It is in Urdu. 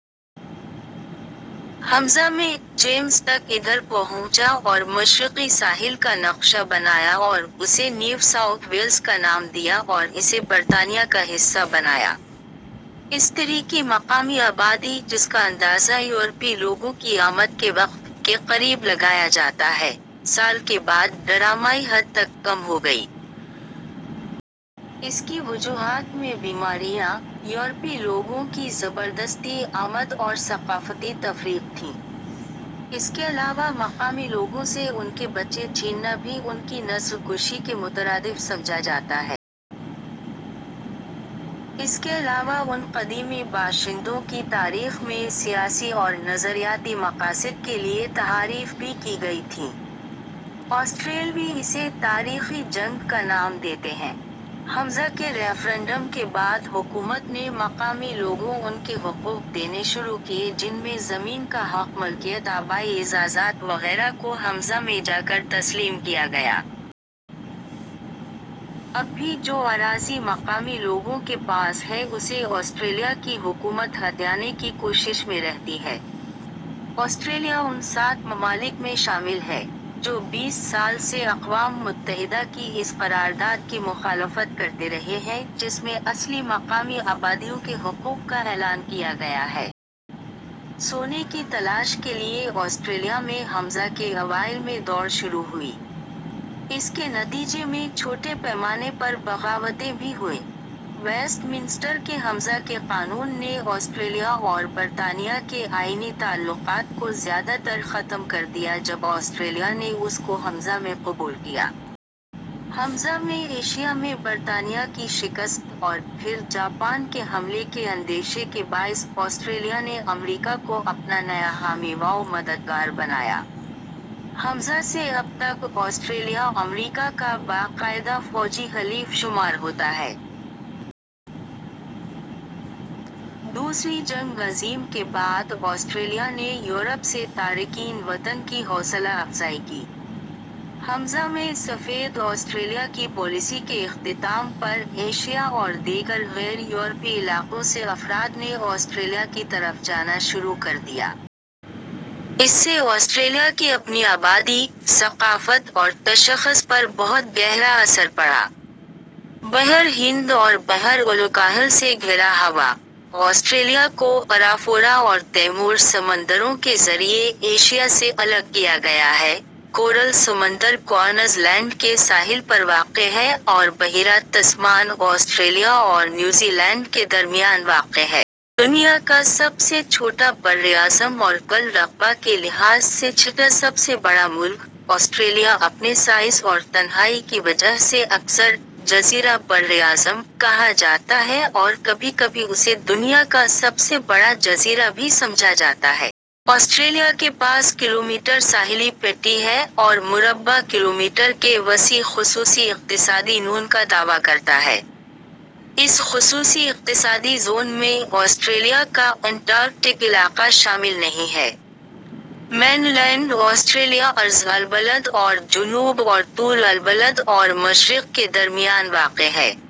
ء میں، جیمز کُک ادھر پہنچا اور مشرقی ساحل کا نقشہ بنایا اور اسے نیو ساؤتھ ویلز کا نام دیا اور اسے برطانیہ کا حصہ بنایا۔ آسٹریلیا کی مقامی آبادی جس کا اندازہ یورپی لوگوں کی آمد کے وقت ، کے قریب لگایا جاتا ہے، سال کے بعد ڈرامائی حد تک کم ہو گئی۔ اس کی وجوہات میں بیماریاں، یورپی لوگوں کی زبردستی آمد اور ثقافتی تفریق تھیں۔ اس کے علاوہ مقامی لوگوں سے ان کے بچے چھیننا بھی ان کی نسل کشی کے مترادف سمجھاجاتا ہے۔ اس کے علاوہ ان قدیمی باشندوں کی تاریخ میں سیاسی اور نظریاتی مقاصد کے لیے تحاریف بھی کی گئی تھیں۔ آسٹریلوی اسے تاریخی جنگ کا نام دیتے ہیں۔ ء کے ریفرنڈم کے بعد، حکومت نے مقامی لوگوں ان کے حقوق دینے شروع کیے جن میں زمین کا حق ملکیت، آبائی اعزازات وغیرہ کو ء میں جا کر تسلیم کیا گیا۔ اب بھی جو اراضی مقامی لوگوں کے پاس ہے اسے آسٹریلیا کی حکومت ہتھیانے کی کوشش میں رہتی ہے۔ آسٹریلیا ان سات ممالک میں شامل ہے، جو بیس سال سے اقوام متحدہ کی اس قرارداد کی مخالفت کرتے رہے ہیں جس میں اصلی مقامی آبادیوں کے حقوق کا اعلان کیا گیا ہے۔ سونے کی تلاش کے لیے آسٹریلیا میں ء کے اوائل میں دوڑ شروع ہوئی۔ اس کے نتیجے میں چھوٹے پیمانے پر بغاوتیں بھی ہوئیں۔ ویسٹ منسٹر کے ء کے قانون نے آسٹریلیا اور برطانیہ کے آئینی تعلقات کو زیادہ تر ختم کر دیا جب آسٹریلیا نے اس کو ء میں قبول کیا۔ ء میں ایشیا میں برطانیہ کی شکست اور پھر جاپان کے حملے کے اندیشے کے باعث آسٹریلیا نے امریکا کو اپنا نیا حامی و مددگار بنایا۔ ء سے اب تک آسٹریلیا امریکا کا باقاعدہ فوجی حلیف شمار ہوتا ہے۔ دوسری جنگ عظیم کے بعد آسٹریلیا نے یورپ سے تارکین وطن کی حوصلہ افزائی کی۔ ء میں سفید آسٹریلیا کی پالیسی کے اختتام پر ایشیا اور دیگر غیر یورپی علاقوں سے افراد نے آسٹریلیا کی طرف جانا شروع کر دیا۔ اس سے آسٹریلیا کی اپنی آبادی، ثقافت اور تشخص پر بہت گہرا اثر پڑا۔ بحر ہند اور بحرالکاہل سے گھرا ہوا، آسٹریلیا کو ارافورا اور تیمور سمندروں کے ذریعے ایشیا سے الگ کیا گیا ہے، کورل سمندر کوئنز لینڈ کے ساحل پر واقع ہے اور بحیرہ تسمان آسٹریلیا اور نیوزی لینڈ کے درمیان واقع ہے۔ دنیا کا سب سے چھوٹا براعظم اور کل رقبہ کے لحاظ سے چھٹا سب سے بڑا ملک، آسٹریلیا اپنے سائز اور تنہائی کی وجہ سے اکثر "جزیرہ براعظم" کہا جاتا ہے اور کبھی کبھی اسے دنیا کا سب سے بڑا جزیرہ بھی سمجھا جاتا ہے۔ آسٹریلیا کے پاس کلومیٹر ساحلی پٹی ہے اور مربع کلومیٹر کے وسیع خصوصی اقتصادی زون کا دعویٰ کرتا ہے۔ اس خصوصی اقتصادی زون میں آسٹریلیا کا انٹارکٹک علاقہ شامل نہیں ہے۔ مین لینڈ آسٹریلیا عرض البلد اور جنوب اور طول البلد اور مشرق کے درمیان واقع ہے۔